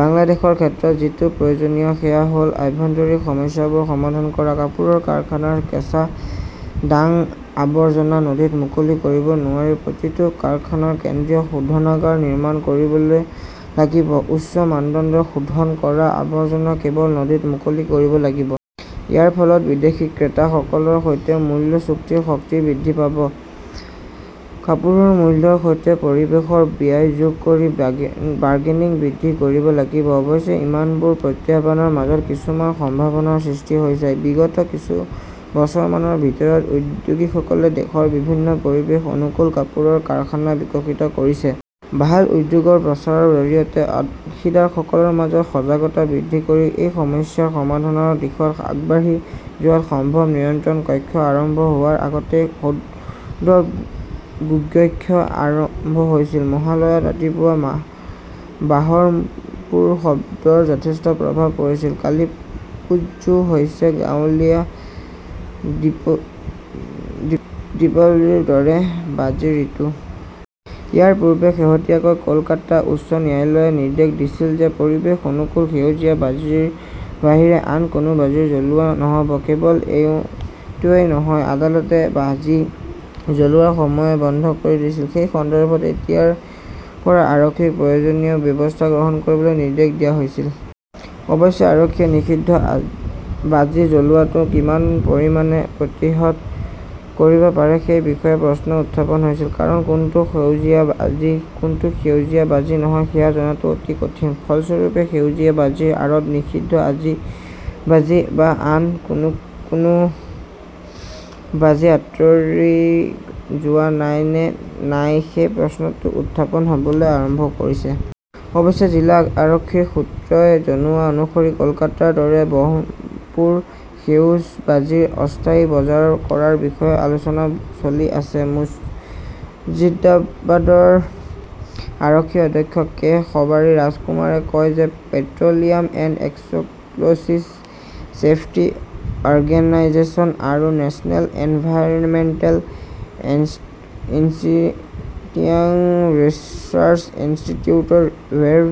বাংলাদেশৰ ক্ষেত্ৰত যিটো প্ৰয়োজনীয় সেয়া হ "ল আভ্যন্তৰীণ সমস্যাবোৰ সমাধান কৰা। কাপোৰৰ কাৰখানাৰ কেঁচা ডাইং আৱৰ্জনা নদীত মুকলি কৰিব নোৱাৰি। প্ৰতিটো কাৰখানাত কেন্দ্ৰীয় শোধনাগাৰ নিৰ্মাণ কৰিব লাগিব। উচ্চ মানদণ্ডৰ শোধন কৰা আৱৰ্জনা কেৱল নদীত মুকলি কৰিব লাগিব। ইয়াৰ ফলত বিদেশী ক্ৰেতাসকলৰ সৈতে "মূল্য চুক্তিৰ শক্তি" বৃদ্ধি পাব। কাপোৰৰ মূল্যৰ সৈতে পৰিৱেশৰ ব্যয় যোগ কৰি বাৰ্গেনিং বৃদ্ধি কৰিব লাগিব। অৱশ্যে, ইমানবোৰ প্ৰত্যাহ্বানৰ মাজত কিছুমান সম্ভাৱনাও সৃষ্টি হৈছে। বিগত কেইবছৰমানৰ ভিতৰত উদ্যোগীসকলে দেশত বিভিন্ন পৰিৱেশ-অনুকূল কাপোৰৰ কাৰখানা বিকশিত কৰিছে। ভাল উদ্যোগৰ প্ৰচাৰৰ জৰিয়তে অংশীদাৰসকলৰ মাজত সজাগতা বৃদ্ধি কৰি এই সমস্যাৰ সমাধানৰ দিশত আগবাঢ়ি যোৱাটো সম্ভৱ। নিয়ন্ত্ৰণ কক্ষ আৰম্ভ হোৱাৰ আগতেই শব্দৰ গুঞ্জন আৰম্ভ হৈছিল! মহালয়াত ৰাতিপুৱা বাহৰমপুৰত শব্দৰ যথেষ্ট প্ৰভাৱ পৰিছিল। কালিপ্পুজো হৈছে দীপাৱলীৰ দৰে বাজিৰ ঋতু। ইয়াৰ পূৰ্বে শেহতীয়াকৈ কলকাতা উচ্চ ন্যায়ালয়ে নিৰ্দেশ দিছিল যে পৰিৱেশ অনুকূল সেউজীয়া বাজিৰ বাহিৰে আন কোনো বাজি জ্বলোৱা নহ 'ব। কেৱল এইটোৱেই নহয়, আদালতে বাজি জ্বলোৱাৰ সময়ও বন্ধ কৰি দিছিল। সেই সন্দৰ্ভত এতিয়াৰ পৰা আৰক্ষীক প্ৰয়োজনীয় ব্যৱস্থা গ্ৰহণ কৰিবলৈ নিৰ্দেশ দিয়া হৈছে। অৱশ্যে, আৰক্ষীয়ে নিষিদ্ধ বাজি জ্বলোৱাটো কিমান পৰিমাণে প্ৰতিহত কৰিব পাৰে সেই বিষয়ে প্ৰশ্ন উত্থাপন হৈছে। কাৰণ কোনটো সেউজীয়া বাজি, কোনটো সেউজীয়া বাজি নহয় সেয়া জনাটো অতি কঠিন। ফলস্বৰূপে, সেউজীয়া বাজিৰ আঁৰত নিষিদ্ধ বাজি বা আন কোনো বাজি আঁতৰি যোৱা নাই নে নাই সেই প্ৰশ্নটো উত্থাপন হ "বলৈ আৰম্ভ কৰিছে। অৱশ্যে, জিলা আৰক্ষীৰ সূত্ৰই জনোৱা অনুসৰি কলকাতাৰ দৰে বহৰমপুৰত সেউজ বাজিৰ অস্থায়ী বজাৰ কৰাৰ বিষয়ে আলোচনা চলি আছে। মুৰ্ছিদাবাদৰ আৰক্ষী অধীক্ষক কে শবাৰী ৰাজকুমাৰে কয় যে "petroleum and explosive safety organisation আৰু নেচনেল এনভাইৰনমেণ্টেল ইঞ্জিনিয়াৰিং ৰিচাৰ্চ ইনষ্টিটিউটৰ ৱেব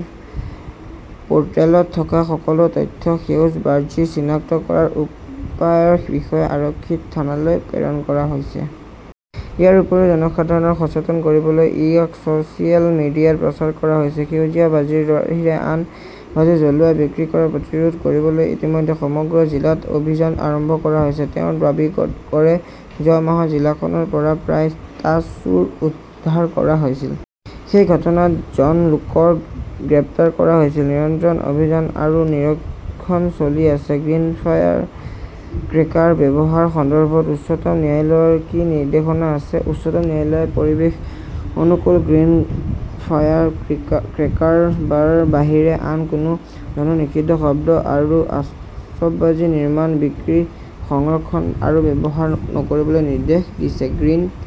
পোৰ্টেলত থকা সকলো তথ্য সেউজ বাজি চিনাক্ত কৰাৰ উপায়ৰ বিষয়ে আৰক্ষী থানালৈ প্ৰেৰণ কৰা হৈছে। ইয়াৰ উপৰিও জনসাধাৰণক সচেতন কৰিবলৈ ইয়াক ছ "চিয়েল মিডিয়াত প্ৰচাৰ কৰা হৈছে। "সেউজীয়া বাজিৰ বাহিৰে আন বাজি জ্বলোৱা, বিক্ৰী কৰা প্ৰতিৰোধ কৰিবলৈ ইতিমধ্যে সমগ্ৰ জিলাত অভিযান আৰম্ভ কৰা হৈছে", তেওঁ দাবী কৰে। যোৱা মাহত জিলাখনৰ পৰা প্ৰায়, টা চুৰি উদ্ধাৰ কৰা হৈছিল। সেই ঘটনাত জন লোকক গ্ৰেপ্তাৰ কৰা হৈছে। নিৰন্তৰ অভিযান আৰু নিৰীক্ষণ চলি আছে। "গ্ৰীণ ফায়াৰ ক্ৰেকাৰ ব্যৱহাৰৰ সন্দৰ্ভত উচ্চতম ন্যায়ালয়ৰ কি নিৰ্দেশনা আছে? উচ্চতম ন্যায়ালয়ে পৰিৱেশ অনুকূল 'গ্ৰীণ ফায়াৰ ক্ৰেকাৰ "ৰ বাহিৰে আন কোনো ধৰণৰ নিষিদ্ধ শব্দ আৰু আতচবাজী নিৰ্মাণ, বিক্ৰী, সংৰক্ষণ আৰু ব্যৱহাৰ নকৰিবলৈ নিৰ্দেশ দিছে। গ্ৰীণ